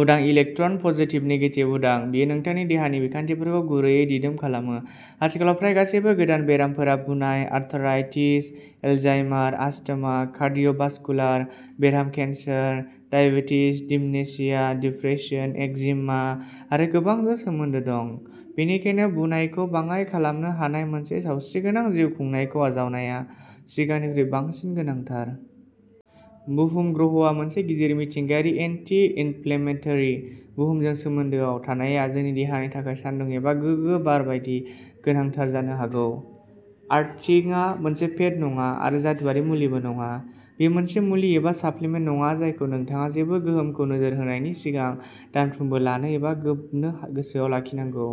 उदां electron. Positive negative उदां। बेयो नोंथांनि देहानि बिखान्थिफोरखौ गुरैयै दिदोम खालामो। आथिखालाव फ्राय गासैबो गोदान बेरामफोरा बुनाय, आर्थराइटिस, एलजाइमार, आस्थामा, कार्डिय'भास्कुलार बेराम, cancer, diabetes, dementia, depression, eczema आरो गोबांजों सोमोन्दो दं। बेनिखायनो बुनायखौ बाङाइ खालामनो हानाय मोनसे सावस्रिगोनां जिउ खुंनायखौ आजावनाया सिगांनिख्रुइ बांसिन गोनांथार। बुहुम ग्रहआ मोनसे गिदिर मिथिंगायारि, एन्टि-इनफ्लेमेटरि। बुहुमजों सोमोन्दोआव थानाया जोंनि देहानि थाखाय सानदुं एबा गोगो बार बायदि गोनांथार जानो हागौ। आर्थिंआ मोनसे फेद नङा आरो जादुआरि मुलिबो नङा। बेयो मोनसे मुलि एबा साप्लिमेन्ट नङा जायखौ नोंथाङा जेबो गोहोमखौ नोजोर होनायनि सिगां दानफ्रोमबो लानो एबा गोबनो गोसोआव लाखिनांगौ।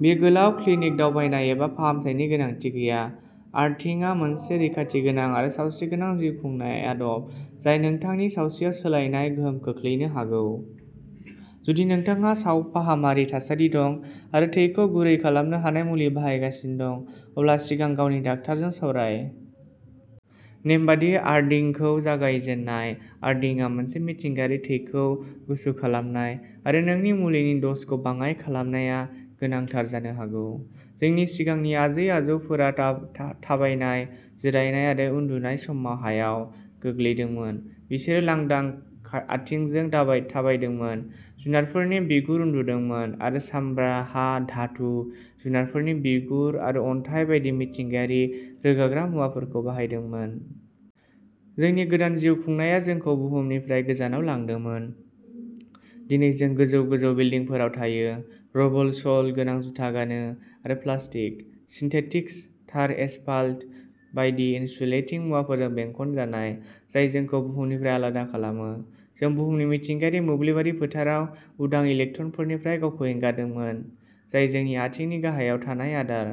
बेयो गोलाव क्लिनिक दावबायनाय एबा फाहामथायनि गोनांथि गैया। आर्थिंआ मोनसे रैखाथि गोनां आरो सावस्रिगोनां जिउ खुंनाय आदब जाय नोंथांनि सावस्रियाव सोलायनाय गोहोम खोख्लैनो हागौ। जुदि नोंथांहा सावफाहामारि थासारि दं आरो थैखौ गुरै खालामनो हानाय मुलि बाहायगासिनो दं, अब्ला सिगां गावनि डाक्टारजों सावराय। नेमबादियै आर्दिंखौ जागायजेननाय। आर्दिंआ मोनसे मिथिंगायारि थैखौ गुसुं खालामनाय आरो नोंनि मुलिनि द'जखौ बाङाइ खालामनाया गोनांथार जानो हागौ। जोंनि सिगांनि आजै-आजौफोरा थाबायनाय, जिरायनाय आरो उन्दुनाय समाव हायाव गोग्लैदोंमोन। बिसोरो लांदां आथिंजों थाबायदोंमोन, जुनारफोरनि बिगुराव उन्दुदोंमोन आरो सामब्रा, हा, धातु, जुनारफोरनि बिगुर आरो अन्थाइ बायदि मिथिंगायारि रोगाग्रा मुवाफोरखौ बाहायदोंमोन। जोंनि गोदान जिउ खुंनाया जोंखौ बुहुमनिफ्राय गोजानाव लांदोंमोन। दिनै जों गोजौ-गोजौ बिल्डिंफोराव थायो, रबर-सल गोनां जुथा गानो आरो प्लास्टिक, सिन्थेटिक्स, टार, एसफाल्ट बायदि इनसुलेटिं मुवाफोरजों बेंखनजानाय जाय जोंखौ बुहुमनिफ्राय आलादा खालामो। जों बुहुमनि मिथिंगायारि मोब्लिबारि फोथाराव उदां इलेक्ट्रनफोरनिफ्राय गावखौ एंगारदोंमोन, जाय जोंनि आथिंनि गाहायाव थानाय आदार।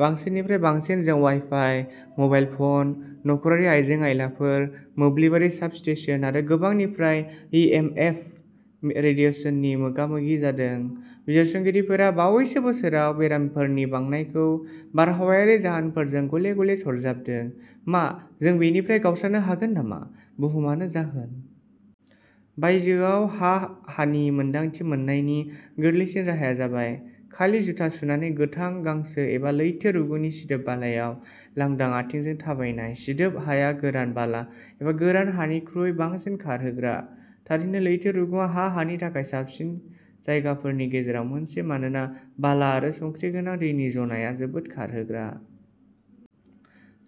बांसिननिफ्राय बांसिन जों वाइफाइ, मबाइल फ'न, नखरारि आइजें-आइलाफोर, मोब्लिबारि साबस्टेशन आरो गोबांनिफ्राय इएमएफ रेडिएसननि मोगामोगि जादों। बिजिरसंगिरिफोरा बावैसो बोसोरफोराव बेरामफोरनि बांनायखौ बारहावायारि जाहोनफोरजों गले-गले सरजाबदों। मा जों बेनिफ्राय गावस्रानो हागोन नामा? बुहुमानो जाहोन? बायजोयाव हा-हानि मोन्दांथि मोननायनि गोरलैसिन राहाया जाबाय खालि जुथा सुनानै गोथां गांसो एबा लैथो रुगुंनि सिदोब बालायाव लांदां आथिंजों थाबायनाय-सिदोब हाया गोरान बाला एबा गोरान हानिख्रुइ बांसिन खारहोग्रा। थारैनो लैथो रुगुंआ हा-हानि थाखाय साबसिन जायगाफोरनि गेजेराव मोनसे मानोना बाला आरो संख्रि गोनां दैनि ज'नाया जोबोद खारहोग्रा।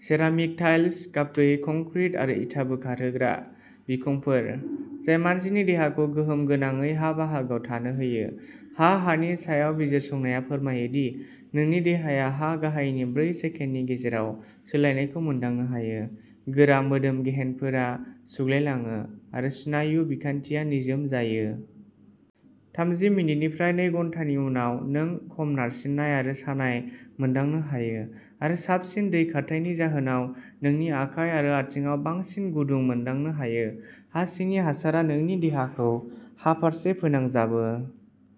सेरामिक टाइल्स, गाबगैयै कंक्रिट आरो इटाबो खारहोग्रा बिखंफोर जाय मानसिनि देहाखौ गोहोम गोनाङै हा-बाहागोआव थानो होयो। हा-हानि सायाव बिजिरसंनाया फोरमायो दि नोंनि देहाया हा-गाहायनि ब्रै सेकेन्डनि गेजेराव सोलायनायखौ मोनदांनो हायो। गोरा मोदोम गेहेनफोरा सुग्लायलाङो आरो स्नायु बिखानथिया निजोम जायो। थामजि मिनिटनिफ्राय नै घन्टानि उनाव, नों खम नारसिननाय आरो सानाय मोनदांनो हायो, आरो साबसिन थै खारथायनि जाहोनाव नोंनि आखाइ आरो आथिंआव बांसिन गुदुं मोनदांनो हायो। हा-सिंनि हासारा नोंनि देहाखौ हा-फारसे फोनांजाबो।